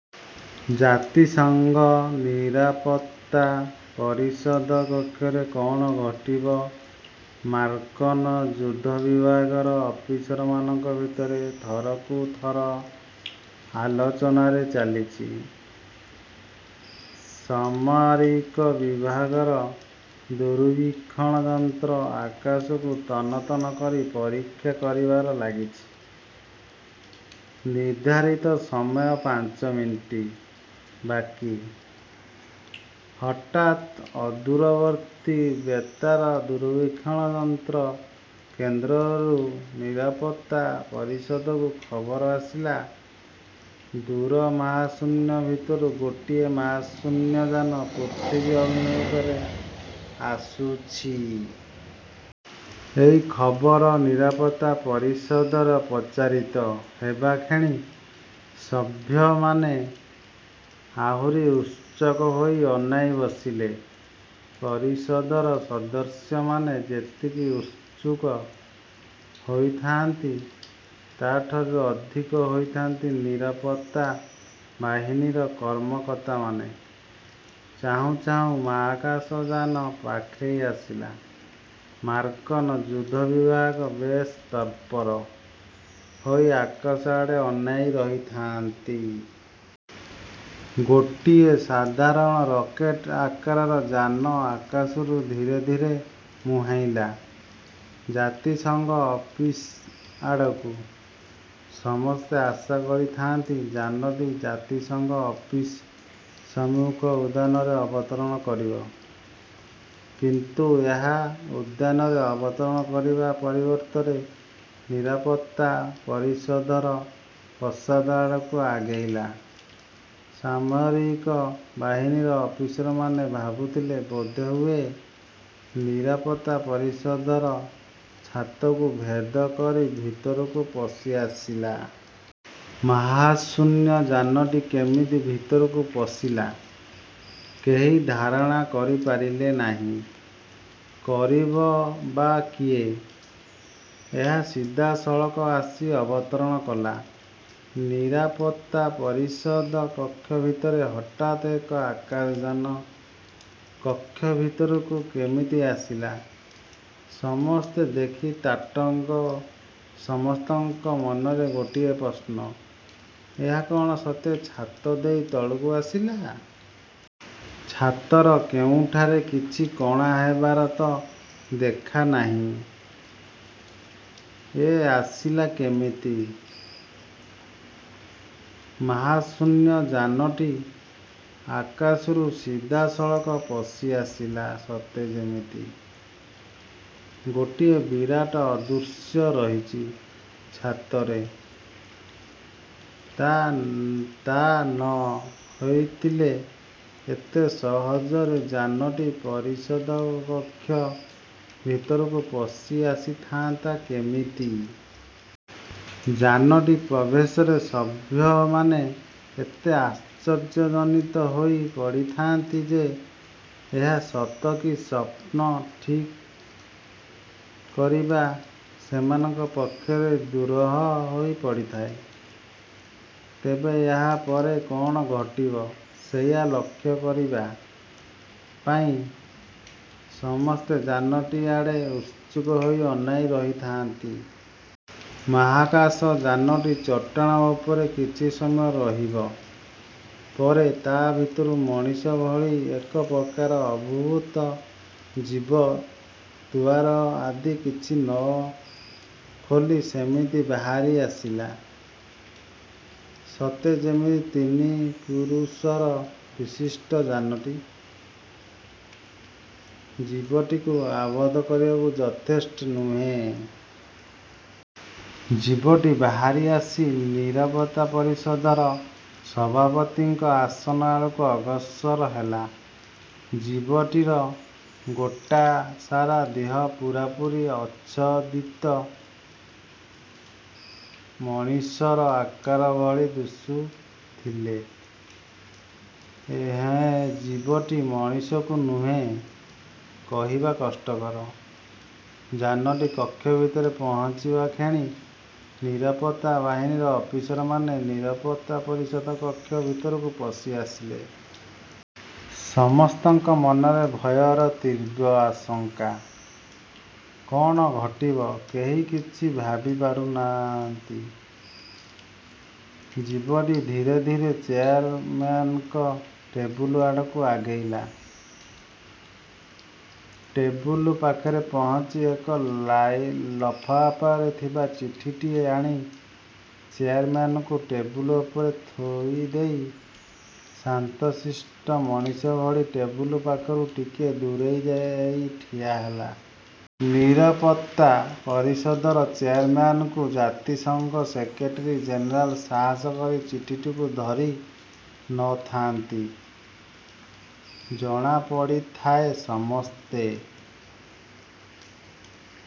ଜାତିସଙ୍ଘ ନିରାପତ୍ତା ପରିଷଦ କକ୍ଷରେ କ'ଣ ଘଟିବ ମାର୍କିନ୍ ଯୁଦ୍ଧବିଭାଗର ଅଫିସରମାନଙ୍କ ଭିତରେ ଥରକୁ ଥର ଆଲୋଚନାରେ ଚାଲିଛି-। ସାମରିକ ବିଭାଗର ଦୂରବୀକ୍ଷଣ ଯନ୍ତ୍ର ଆକାଶକୁ ତନ୍ନ ତନ୍ନ କରି ପରୀକ୍ଷା କରିବାରେ ଲାଗିଛି-। ନିର୍ଦ୍ଧାରିତ ସମୟ ପାଞ୍ଚ ମିନିଟ୍ ବାକି। ହଠାତ୍ ଅଦୂରବର୍ତ୍ତୀ ବେତାର ଦୂରବୀକ୍ଷଣ ଯନ୍ତ୍ର କେନ୍ଦ୍ରରୁ ନିରାପତ୍ତା ପରିଷଦକୁ ଖବର ଆସିଲା, ଦୂର ମହାଶୂନ୍ୟ ଭିତରୁ ଗୋଟିଏ ମହାଶୂନ୍ୟଯାନ ପୃଥିବୀ ଅଭିମୁଖରେ ଆସୁଛି। ଏହି ଖବର ନିରାପତ୍ତା ପରିଷଦରେ ପ୍ରଚାରିତ ହେବାକ୍ଷଣି ସଭ୍ୟମାନେ ଆହୁରି ଉତ୍ସୁକ ହୋଇ ଅନାଇ ବସିଲେ। ପରିଷଦର ସଦସ୍ୟମାନେ ଯେତିକି ଉତ୍ସୁକ ହେଉଥାନ୍ତି, ତାଠାରୁ ଅଧିକ ହେଉଥାନ୍ତି ନିରାପତ୍ତା ବାହିନୀର କର୍ମକର୍ତ୍ତାମାନେ ଚାହୁଁ ଚାହୁଁ ମହାକାଶଯାନ ପାଖେଇ ଆସିଲା। ମାର୍କିନ୍ ଯୁଦ୍ଧବିଭାଗ ବେଶ୍ ତତ୍ପର ହୋଇ ଆକାଶ ଆଡ଼େ ଅନାଇ ରହିଥାନ୍ତି। ଗୋଟିଏ ସାଧାରଣ ରକେଟ୍ ଆକାରର ଯାନ ଆକାଶରୁ ଧୀରେ ଧୀରେ ମୁହାଁଇଲା ଜାତିସଂଘ ଅଫିସ୍ ଆଡ଼କୁ ସମସ୍ତେ ଆଶା କରିଥାଆନ୍ତି ଯାନଟି ଜାତିସଂଘ ଅଫିସ୍ ସମ୍ମୁଖ ଉଦ୍ୟାନରେ ଅବତରଣ କରିବ। କିନ୍ତୁ ଏହା ଉଦ୍ୟାନରେ ଅବତରଣ କରିବା ପରିବର୍ତ୍ତରେ ନିରାପତ୍ତା ପରିଷଦର ପ୍ରାସାଦ ଆଡ଼କୁ ଆଗେଇଲା ସାମରିକ ବାହିନୀର ଅଫିସରମାନେ ଭାବୁଥିଲେ ବୋଧହୁଏ ନିରାପତ୍ତା ପରିଷଦର ଛାତକୁ ଭେଦ କରି ଭିତରକୁ ପଶି ଆସିଲା। ମହାଶୂନ୍ୟ ଯାନଟି କେମିତି ଭିତରକୁ ପଶିଲା, କେହି ଧାରଣା କରିପାରିଲେ ନାହିଁ। କରିବ ବା କିଏ? ଏହା ସିଧା ସଳଖ ଆସି ଅବତରଣ କଲା ନିରାପତ୍ତା ପରିଷଦ କକ୍ଷ ଭିତରେ ହଠାତ ଏକ ଆକାଶଯାନ କକ୍ଷ ଭିତରକୁ କେମିତି ଆସିଲା ସମସ୍ତେ ଦେଖି ତାଟଙ୍ଗ ସମସ୍ତଙ୍କ ମନରେ ଗୋଟିଏ ପ୍ରଶ୍ନ, ଏହା କଣ ସତେ ଛାତ ଦେଇ ତଳକୁ ଆସିଲା? ଛାତର କେଉଁଠାରେ କିଛି କଣା ହେବାର ତ ଦେଖାନାହିଁ। ଏ ଆସିଲା କେମିତି? ମହାଶୂନ୍ୟ ଯାନଟି ଆକାଶରୁ ସିଧାସଳଖ ପଶିଆସିଲା ସତେ ଯେମିତି ଗୋଟିଏ ବିରାଟ ଅଦୃଶ୍ୟ ରହିଛି ଛାତରେ। ତା ନ ହୋଇଥିଲେ ଏତେ ସହଜରେ ଯାନଟି ପରିଷଦ କକ୍ଷ ଭିତରକୁ ପଶି ଅସିଥାନ୍ତା କେମିତି? ଯାନଟିର ପ୍ରବେଶରେ ସଭ୍ୟମାନେ ଏତେ ଆଶ୍ଚର୍ଯ୍ୟାନିତ ହୋଇ ପଡ଼ିଥାନ୍ତି ଯେ ଏହା ସତ କି ସ୍ୱପ୍ନ ଠିକ୍ କରିବା ସେମାନଙ୍କ ପକ୍ଷରେ ଦୁରୂହ ହୋଇ ପଡ଼ିଥାଏ। ତେବେ ଏହା ପରେ କଣ ଘଟିବ, ସେଇଆ ଲକ୍ଷ୍ୟ କରିବା ପାଇଁ। ସମସ୍ତେ ଯାନଟି ଆଡ଼େ ଉତ୍ସୁକ ହୋଇ ଅନାଇ ରହିଥାନ୍ତି। ମହାକାଶ ଯାନଟି ଚଟାଣ ଉପରେ କିଛି ସମୟ ରହିବ ପରେ ତା ଭିତରୁ ମଣିଷ ଭଳି ଏକ ପ୍ରକାର ଅଦ୍ଭୁତ ଜୀବ ଦୁଆର ଆଦି କିଛି ନ ଖୋଲି ସେମିତି ବାହାରି ଆସିଲା। ସତେ ଯେମିତି ତିନି ପରିସର ବିଶିଷ୍ଟ ଯାନଟି ଜୀବଟିକୁ ଆବଦ୍ଧ କରିବାକୁ ଯଥେଷ୍ଟ ନୁହେଁ। ଜୀବଟି ବାହାରି ଆସି ନିରାପତ୍ତା ପରିଷଦର ସଭାପତିଙ୍କ ଆସନ ଆଡ଼କୁ ଅଗ୍ରସର ହେଲା। ଜୀବଟିର ଗୋଟା ସାରା ଦେହ ପୂରାପୂରି ଆଚ୍ଛଦିତ। ମଣିଷର ଆକାର ଭଳି ଦିଶୁଥିଲେ ଏହା ଜୀବଟି ମଣିଷ କି ନୁହେଁ କହିବା କଷ୍ଟକର। ଯାନଟି କକ୍ଷ ଭିତରେ ପହଞ୍ଚିବା କ୍ଷଣି ନିରାପତ୍ତା ବାହିନୀର ଅଫିସରମାନେ ନିରାପତ୍ତା ପରିଷଦ କକ୍ଷ ଭିତରକୁ ପଶି ଆଶିଲେ। ସମସ୍ତଙ୍କ ମନରେ ଭୟର ତୀବ୍ର ଆଶଙ୍କା। କଣ ଘଟିବ, କେହି କିଛି ଭାବିପାରୁ ନ ଥାନ୍ତି। ଜୀବଟି ଧୀରେ ଧୀରେ ଚେୟାରମେନଙ୍କ ଟେବୁଲ ଆଡ଼କୁ ଆଗେଇଲା ଟେବୁଲ ପାଖରେ ପହଞ୍ଚି ଏକ ଲଫାଫରେ ଥିବା ଚିଠିଟିଏ ଆଣି ଚେୟାରମ୍ୟାନଙ୍କ ଟେବୁଲ ଉପରେ ଥୋଇଦେଇ ଶାନ୍ତଶିଷ୍ଟ ମଣିଷ ଭଳି ଟେବୁଲ ପାଖରୁ ଟିକିଏ ଦୂରେଇ ଯାଇ ଠିଆହେଲା। ନିରାପତ୍ତା ପରିଷଦର ଚେୟାରମ୍ୟାନ କି ଜାତିସଂଘ ସେକ୍ରେଟେରୀ ଜେନେରାଲ ସାହସ କରି ଚିଠିଟିକୁ ଧରୁ ନ ଥାନ୍ତି। ଜଣା ପଡ଼ୁଥାଏ ସମସ୍ତେ